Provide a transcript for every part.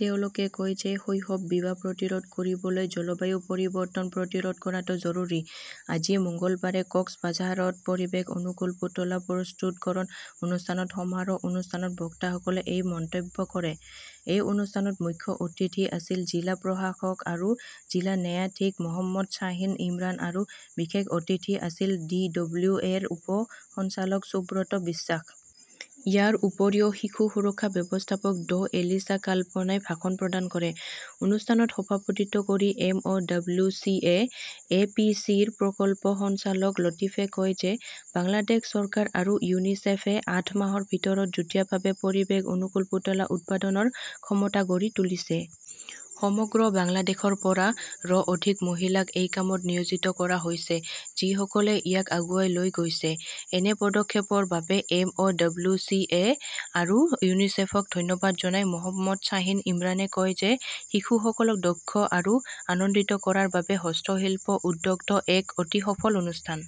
তেওঁলোকে কয় যে শৈশৱ বিবাহ প্ৰতিৰোধ কৰিবলৈ জলবায়ু পৰিৱৰ্তন প্ৰতিৰোধ কৰাটো জৰুৰী। আজি মঙলবাৰে কক্সবাঝাৰত পৰিৱেশ অনুকূল পুতলা প্ৰস্তুতকৰণ অনুষ্ঠানত সমাৰোহ অনুষ্ঠানত বক্তাসকলে এই মন্তব্য কৰে। এই অনুষ্ঠানত মুখ্য অতিথি আছিল জিলা প্ৰশাসক আৰু জিলা ন্যায়াধীশ মহম্মদ শ্বাহিন ইমৰাণ আৰু বিশেষ অতিথি আছিল ডিডব্লিউএৰ উপ সঞ্চালক সুব্ৰত বিশ্বাস। ইয়াৰ উপৰিও শিশু সুৰক্ষা ব্যৱস্থাপক ড এলিছা কালপোনাই ভাষণ প্ৰদান কৰে। অনুষ্ঠানত সভাপতিত্ব কৰি M. O ". W. C. A., A. P. C. -ৰ প্ৰকল্প সঞ্চালক লতিফে কয় যে বাংলাদেশ চৰকাৰ আৰু ইউনিছেফে আঠ মাহৰ ভিতৰত যুটীয়াভাৱে পৰিৱেশ অনুকূল পুতলা উৎপাদনৰ ক্ষমতা গঢ়ি তুলিছে। সমগ্ৰ বাংলাদেশৰ পৰা, ৰো অধিক মহিলাক এই কামত নিয়োজিত কৰা হৈছে, যিসকলে ইয়াক আগুৱাই লৈ গৈছে। এনে পদক্ষেপৰ বাবে M. O. W. C. A. আৰু ইউনিচেফক ধন্যবাদ জনাই মহম্মদ শ্বাহিন ইমৰানে কয় যে শিশুসকলক দক্ষ আৰু আনন্দিত কৰাৰ বাবে হস্তশিল্প উদ্যোগটো এক অতি সফল অনুষ্ঠান।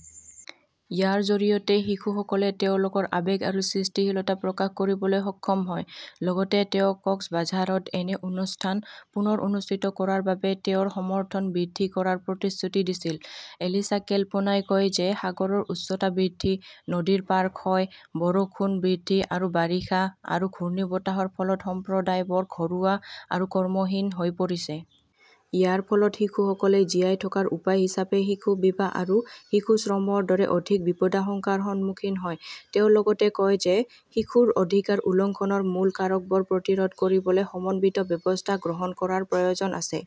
ইয়াৰ জৰিয়তে শিশুসকলে তেওঁলোকৰ আবেগ আৰু সৃষ্টিশীলতা প্ৰকাশ কৰিবলৈ সক্ষম হয়। লগতে তেওঁ কক্সবাঝাৰত এনে অনুষ্ঠান পুনৰ অনুষ্ঠিত কৰাৰ বাবে তেওঁৰ সমৰ্থন বৃদ্ধি কৰাৰ প্ৰতিশ্ৰুতি দিছিল। এলিসা কেলপোনাই কয় যে সাগৰৰ উচ্চতা বৃদ্ধি, নদীৰ পাৰ ক্ষয়, বৰষুণ বৃদ্ধি আৰু বাৰিষা আৰু ঘূৰ্ণীবতাহৰ ফলত সম্প্ৰদায়বোৰ ঘৰুৱা আৰু কৰ্মহীন হৈ পৰিছে। ইয়াৰ ফলত শিশুসকলে জীয়াই থকাৰ উপায় হিচাপে শিশু বিবাহ আৰু শিশু শ্ৰমৰ দৰে অধিক বিপদাশংকাৰ সন্মুখীন হয়। তেওঁ লগতে কয় যে শিশুৰ অধিকাৰ উলংঘনৰ মূল কাৰকবোৰ প্ৰতিৰোধ কৰিবলৈ সমন্বিত ব্যৱস্থা গ্ৰহণ কৰাৰ প্ৰয়োজন আছে।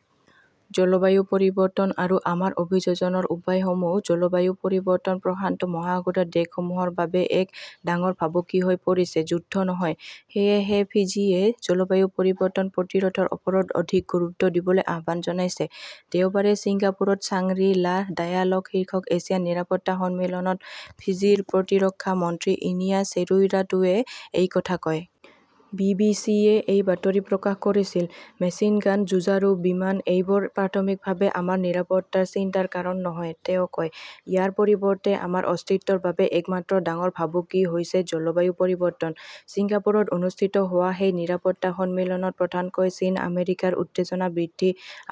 জলবায়ু পৰিৱৰ্তন আৰু আমাৰ অভিযোজনৰ উপায়সমূহ জলবায়ু পৰিৱৰ্তন প্ৰশান্ত মহাসাগৰীয় দেশসমূহৰ বাবে এক ডাঙৰ ভাবুকি হৈ পৰিছে, যুদ্ধ নহয়। সেয়েহে ফিজিয়ে জলবায়ু পৰিৱৰ্তন প্ৰতিৰোধৰ ওপৰত অধিক গুৰুত্ব দিবলৈ আহ্বান জনাইছে। দেওবাৰে ছিংগাপুৰত 'চাংৰী-লা ডায়ালগ "শীৰ্ষক এছিয়ান নিৰাপত্তা সন্মিলনত ফিজিৰ প্ৰতিৰক্ষা মন্ত্ৰী ইনিয়া ছেৰুইৰাটুৱে এই কথা কয়। বি. বি. চি. -য়ে এই বাতৰি প্ৰকাশ কৰিছিল। "মেচিন গান, যুঁজাৰু বিমানএইবোৰ প্ৰাথমিকভাৱে আমাৰ নিৰাপত্তাৰ চিন্তাৰ কাৰণ নহয়", তেওঁ কয়। ইয়াৰ পৰিৱৰ্তে আমাৰ অস্তিত্বৰ বাবে একমাত্ৰ ডাঙৰ ভাবুকি হৈছে জলবায়ু পৰিৱৰ্তন। ছিংগাপুৰত অনুষ্ঠিত হোৱা সেই নিৰাপত্তা সন্মিলনত প্ৰধানকৈ চীন-আমেৰিকাৰ উত্তেজনা বৃদ্ধি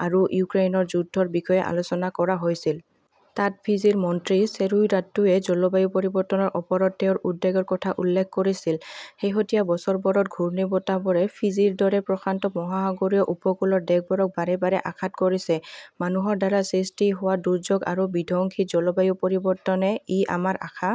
আৰু ইউক্ৰেইনৰ যুদ্ধৰ বিষয়ে আলোচনা কৰা হৈছিল। তাত ফিজিৰ মন্ত্ৰী চেৰুইৰাট্টুৱে জলবায়ু পৰিৱৰ্তনৰ ওপৰত তেওঁৰ উদ্বেগৰ কথা উল্লেখ কৰিছিল। শেহতীয়া বছৰবোৰত ঘূৰ্ণীবতাহবোৰে ফিজিৰ দৰে প্ৰশান্ত মহাসাগৰীয় উপকূলৰ দেশবোৰক বাৰে বাৰে আঘাত কৰিছে। মানুহৰ দ্বাৰা সৃষ্টি হোৱা দুৰ্যোগ আৰু বিধ্বংসী জলবায়ু পৰিৱৰ্তনে-ই আমাৰ আশা